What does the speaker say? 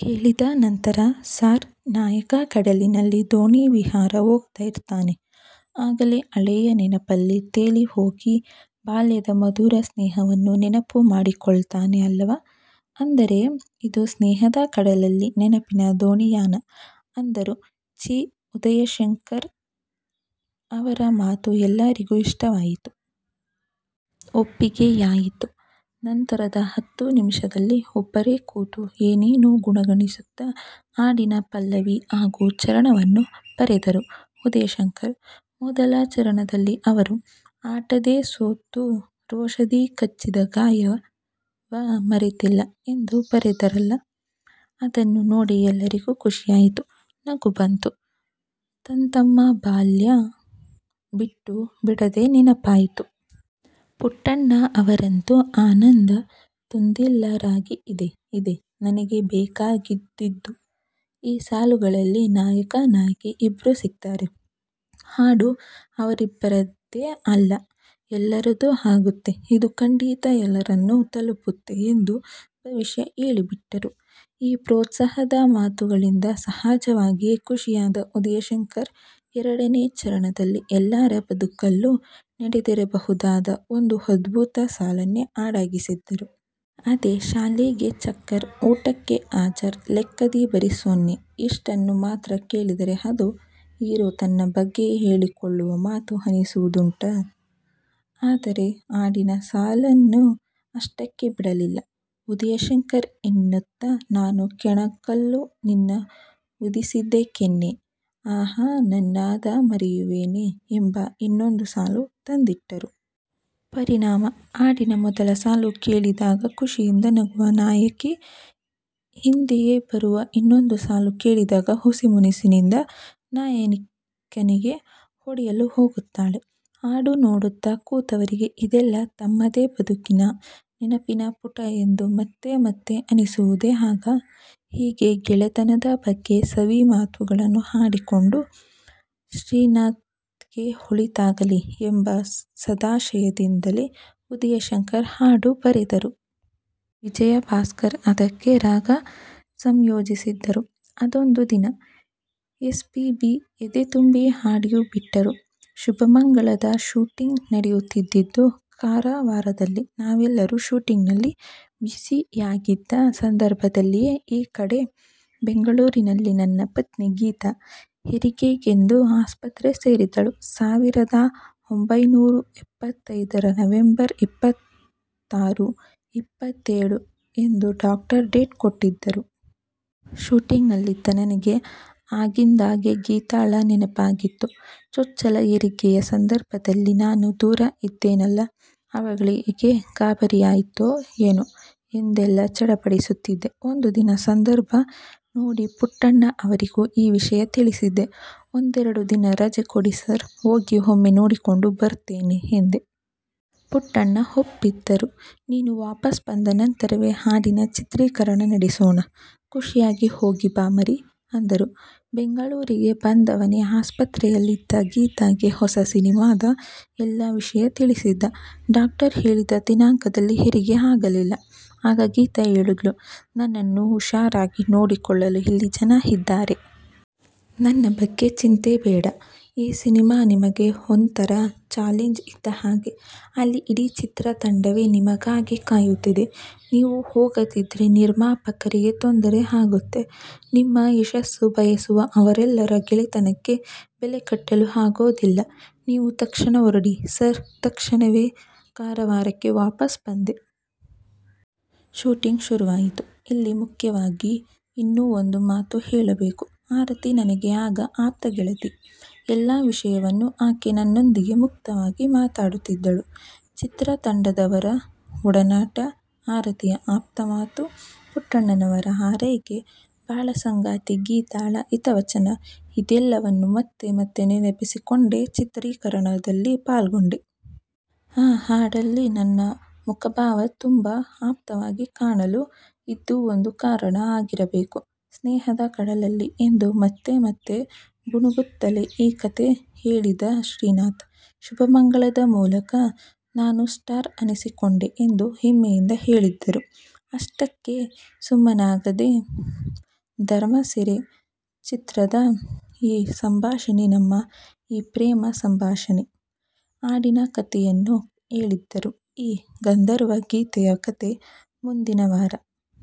ಕೇಳಿದ ನಂತರ 'ಸಾರ್, ನಾಯಕ ಕಡಲಿನಲ್ಲಿ ದೋಣಿ ವಿಹಾರ ಹೋಗ್ತಾ ಇರ್ತಾನೆ. ಆಗಲೇ ಹಳೆಯ ನೆನಪಲ್ಲಿ ತೇಲಿ ಹೋಗಿ ಬಾಲ್ಯದ ಮಧುರ ಸ್ನೇಹವನ್ನು ನೆನಪು ಮಾಡಿಕೊಳ್ತಾನೆ ಅಲ್ಲವಾ? ಅಂದರೆ, ಇದು ಸ್ನೇಹದ ಕಡಲಲ್ಲಿ ನೆನಪಿನ ದೋಣಿಯಾನ. ಅಂದರು ಚಿ. ಉದಯಶಂಕರ್. ಅವರ ಮಾತು ಎಲ್ಲರಿಗೂ ಇಷ್ಟವಾಯಿತು. ಒಪ್ಪಿಗೆಯಾಯತು. ನಂತರದ ಹತ್ತು ನಿಮಿಷದಲ್ಲಿ ಒಬ್ಬರೇ ಕೂತು ಏನನ್ನೋ ಗುಣಗುಣಿಸುತ್ತಾ ಹಾಡಿನ ಪಲ್ಲವಿ ಹಾಗೂ ಚರಣವನ್ನು ಬರೆದರು ಉದಯಶಂಕರ್. ಮೊದಲ ಚರಣದಲ್ಲಿ ಅವರು-'ಆಟದೆ ಸೋತೂ ರೋಷದಿ ಕಚ್ಚಿದ ಗಾಯವ ಮರೆತಿಲ್ಲ' ಎಂದು ಬರೆದರಲ್ಲ? ಅದನ್ನು ನೋಡಿ ಎಲ್ಲರಿಗೂ ಖುಷಿಯಾಯಿತು. ನಗು ಬಂತು. ತಂತಮ್ಮ ಬಾಲ್ಯ ಬಿಟ್ಟೂ ಬಿಡದೆ ನೆನಪಾಯ್ತು. ಪುಟ್ಟಣ್ಣ ಅವರಂತೂ ಆನಂದ ತುಂದಿಲರಾಗಿ-ಇದೇ, ಇದೇ ನನಗೆ ಬೇಕಾಗಿದ್ದುದ್ದು. ಈ ಸಾಲುಗಳಲ್ಲಿ ನಾಯಕ-ನಾಯಕಿ ಇಬ್ರೂ ಸಿಕ್ತಾರೆ. ಹಾಡು ಅವರಿಬ್ಬರದೇ ಅಲ್ಲ, ಎಲ್ಲರದೂ ಆಗುತ್ತೆ. ಇದು ಖಂಡಿತ ಎಲ್ಲರನ್ನೂ ತಲುಪುತ್ತೆ ಎಂದು ಭವಿಷ್ಯ ಹೇಳಿಬಿಟ್ಟರು. ಈ ಪ್ರೋತ್ಸಾಹದ ಮಾತುಗಳಿಂದ ಸಹಜವಾಗಿಯೇ ಖುಷಿಯಾದ ಉದಯಶಂಕರ್, ಎರಡನೇ ಚರಣದಲ್ಲಿ ಎಲ್ಲರ ಬದುಕಲ್ಲೂ ನಡೆದಿರಬಹುದಾದ ಒಂದು ಅದ್ಭುತ ಸಾಲನ್ನೇ ಹಾಡಾಗಿಸಿದರು. ಅದೇ-ಶಾಲೆಗೆ ಚಕ್ಕರ್, ಊಟಕೆ ಹಾಜರ್ ಲೆಕ್ಕದಿ ಬರಿ ಸೊನ್ನೆ' ಇಷ್ಟನ್ನು ಮಾತ್ರ ಕೇಳಿದರೆ-ಅದು, ಹೀರೊ ತನ್ನ ಬಗ್ಗೆಯೇ ಹೇಳಿಕೊಳ್ಳುವ ಮಾತು ಅನ್ನಿಸುವುದುಂಟು. ಆದರೆ ಹಾಡಿನ ಸಾಲನ್ನು ಅಷ್ಟಕ್ಕೇ ಬಿಡಲಿಲ್ಲ ಉದಯಶಂಕರ್ ಎನ್ನುತ ನಾನು ಕೆಣಕಲು ನಿನ್ನ ಊದಿಸಿದೇ ಕೆನ್ನೆ, ಆಹಾ ನಾನದ ಮರೆಯುವೆನೇ ' ಎಂಬ ಇನ್ನೊಂದು ಸಾಲು ತಂದಿಟ್ಟರು. ಪರಿಣಾಮ, ಹಾಡಿನ ಮೊದಲ ಸಾಲು ಕೇಳಿದಾಗ ಖುಷಿಯಿಂದ ನಗುವ ನಾಯಕಿ ಹಿಂದೆಯೇ ಬರುವ ಇನ್ನೊಂದು ಸಾಲು ಕೇಳಿದಾಗ ಹುಸಿ ಮುನಿಸಿನಿಂದ ನಾಯಕನಿಗೆ ಹೊಡೆಯಲು ಹೋಗುತ್ತಾಳೆ. ಹಾಡು ನೋಡುತ್ತಾ ಕೂತವರಿಗೆ ಇದೆಲ್ಲಾ ತಮ್ಮದೇ ಬದುಕಿನ, ನೆನಪಿನ ಪುಟ ಎಂದು ಮತ್ತೆ ಮತ್ತೆ ಅನ್ನಿಸುವುದೇ ಆಗ. ಹೀಗೆ, ಗೆಳೆತನದ ಬಗ್ಗೆ ಸವಿ ಮಾತುಗಳನ್ನು ಆಡಿಕೊಂಡು, ಶ್ರೀನಾಥ್ಗೆ ಒಳಿತಾಗಲಿ, ಎಂಬ ಸದಾಶಯದಿಂದಲೇ ಉದಯಶಂಕರ್ ಹಾಡು ಬರೆದರು. ವಿಜಯಭಾಸ್ಕರ್ ಅದಕ್ಕೆ ರಾಗ ಸಂಯೋಜಿಸಿದರು. ಅದೊಂದು ದಿನ ಎಸ್ಪೀಬಿ-ಎದೆ ತುಂಬಿ ಹಾಡಿಯೂ ಬಿಟ್ಟರು. 'ಶುಭಮಂಗಳ'ದ ಶೂಟಿಂಗ್ ನಡೆಯುತ್ತಿದ್ದುದು ಕಾರವಾರದಲ್ಲಿ ನಾವೆಲ್ಲರೂ ಶೂಟಿಂಗ್ನಲ್ಲಿ 'ಬ್ಯುಸಿ'ಯಾಗಿದ್ದ ಸಂದರ್ಭದಲ್ಲಿಯೇ ಈ ಕಡೆ ಬೆಂಗಳೂರಿನಲ್ಲಿ ನನ್ನ ಪತ್ನಿ ಗೀತಾ, ಹೆರಿಗೆಗೆಂದು ಆಸ್ಪತ್ರೆ ಸೇರಿದ್ದಳು. ಸಾವಿರದ ಒಂಭೈನೂರ ಎಪ್ಪತ್ತೈದರ ನವೆಂಬರ್ ಇಪ್ಪತ್ತಾರು, ಇಪ್ಪತ್ತೆಳು ಎಂದು ಡಾಕ್ಟರು ಡೇಟ್ ಕೊಟ್ಟಿದ್ದರು. ಶೂಟಿಂಗ್ನಲ್ಲಿದ್ದ ನನಗೆ ಆಗಿಂದಾಗ್ಗೆ ಗೀತಾಳ ನೆನಪಾಗುತ್ತಿತ್ತು. ಚೊಚ್ಚಲು ಹೆರಿಗೆಯ ಸಂದರ್ಭದಲ್ಲಿ ನಾನು ದೂರ ಇದ್ದೇನಲ್ಲ? ಅವಳಿಗೆ ಗಾಬರಿಯಾಯ್ತೋ ಏನೋ ಎಂದೆಲ್ಲಾ ಚಡಪಡಿಸುತ್ತಿದ್ದೆ. ಒಂದು ದಿನ ಸಂದರ್ಭ ನೋಡಿ ಪುಟ್ಟಣ್ಣ ಅವರಿಗೂ ಈ ವಿಷಯ ತಿಳಿಸಿದೆ'. ಒಂದೆರಡು ದಿನ ರಜೆ ಕೊಡಿ ಸಾರ್, ಹೋಗಿ ಒಮ್ಮೆ ನೋಡಿಕೊಂಡು ಬರ್ತೇನೆ' ಎಂದೆ. ಪುಟ್ಟಣ್ಣ ಒಪ್ಪಿದರು. 'ನೀನು ವಾಪಸ್ ಬಂದ ನಂತರವೇ ಹಾಡಿನ ಚಿತ್ರೀಕರಣ ನಡೆಸೋಣ. ಖುಷಿಯಾಗಿ ಹೋಗಿ ಬಾ ಮರೀ' ಅಂದರು. ಬೆಂಗಳೂರಿಗೆ ಬಂದವನೇ ಆಸ್ಪತ್ರೆಯಲ್ಲಿದ್ದ ಗೀತಾಗೆ ಹೊಸ ಸಿನಿಮಾದ ಎಲ್ಲ ವಿಷಯ ತಿಳಿಸಿದೆ. ಡಾಕ್ಟರು ಹೇಳಿದ್ದ ದಿನಾಂಕದಲ್ಲಿ ಹೆರಿಗೆ ಆಗಲಿಲ್ಲ. ಆಗ ಗೀತಾ ಹೇಳಿದ್ಲು: 'ನನ್ನನ್ನು ಹುಷಾರಾಗಿ ನೋಡಿಕೊಳ್ಳಲು ಇಲ್ಲಿ ಜನ ಇದ್ದಾರೆ. ನನ್ನ ಬಗ್ಗೆ ಚಿಂತೆ ಬೇಡ. ಈ ಸಿನಿಮಾ ನಿಮಗೆ ಒಂಥರಾ ಛಾಲೆಂಜ್ ಇದ್ದ ಹಾಗೆ. ಅಲ್ಲಿ ಇಡೀ ಚಿತ್ರತಂಡವೇ ನಿಮಗಾಗಿ ಕಾಯುತ್ತಿದೆ. ನೀವು ಹೋಗದಿದ್ರೆ ನಿರ್ಮಾಪಕರಿಗೆ ತೊಂದರೆ ಆಗುತ್ತೆ. ನಿಮ್ಮ ಯಶಸ್ಸು ಬಯಸುವ ಅವರೆಲ್ಲರ ಗೆಳೆತನಕ್ಕೆ ಬೆಲೆ ಕಟ್ಟಲು ಆಗೋದಿಲ್ಲ. ನೀವು ತಕ್ಷಣ ಹೊರಡಿ' ಸರಿ, ತಕ್ಷಣವೇ ಕಾರವಾರಕ್ಕೆ ವಾಪಸ್ ಬಂದೆ. ಶೂಟಿಂಗ್ ಶುರುವಾಯಿತು. ಇಲ್ಲಿ ಮುಖ್ಯವಾಗಿ ಇನ್ನೂ ಒಂದು ಮಾತು ಹೇಳಬೇಕು. ಆರತಿ ನನಗೆ ಆಗ ಆಪ್ತ ಗೆಳತಿ. ಎಲ್ಲ ವಿಷಯವನ್ನೂ ಆಕೆ ನನ್ನೊಂದಿಗೆ ಮುಕ್ತವಾಗಿ ಮಾತಾಡುತ್ತಿದ್ದಳು. ಚಿತ್ರತಂಡದವರ ಒಡನಾಟ, ಆರತಿಯ ಆಪ್ತ ಮಾತು, ಪುಟ್ಟಣ್ಣನವರ ಹಾರೈಕೆ, ಬಾಳಸಂಗಾತಿ ಗೀತಾಳ ಹಿತವಚನ ಇದೆಲ್ಲವನ್ನೂ ಮತ್ತೆ ಮತ್ತೆ ನೆನಪಿಸಿಕೊಂಡೇ ಚಿತ್ರೀಕರಣದಲ್ಲಿ ಪಾಲ್ಗೊಂಡೆ. ಆ ಹಾಡಲ್ಲಿ ನನ್ನ ಮುಖಭಾವ ತುಂಬ ಆಪ್ತವಾಗಿ ಕಾಣಲು ಇದೂ ಒಂದು ಕಾರಣ ಆಗಿರಬೇಕು. 'ಸ್ನೇಹದ ಕಡಲಲ್ಲೀ' ಎಂದು ಮತ್ತೆ ಮತ್ತೆ ಗುನುಗುತ್ತಲೇ ಈ ಕಥೆ ಹೇಳಿದ ಶ್ರೀನಾಥ್, 'ಶುಭಮಂಗಳ'ದ ಮೂಲಕ ನಾನೂ 'ಸ್ಟಾರ್' ಅನ್ನಿಸಿಕೊಂಡೆ ಎಂದು ಹೆಮ್ಮೆಯಿಂದ ಹೇಳಿದರು. ಅಷ್ಟಕ್ಕೇ ಸುಮ್ಮನಾಗದೆ 'ಧರ್ಮಸೆರೆ' ಚಿತ್ರದ ' ಈ ಸಂಭಾಷಣೆ ನಮ್ಮ ಈ ಪ್ರೇಮ ಸಂಭಾಷಣೆ' ಹಾಡಿನ ಕಥೆಯನ್ನೂ ಹೇಳಿದರು. ಆ ಗಂಧರ್ವ ಗೀತೆಯ ಕಥೆ ಮುಂದಿನವಾರ.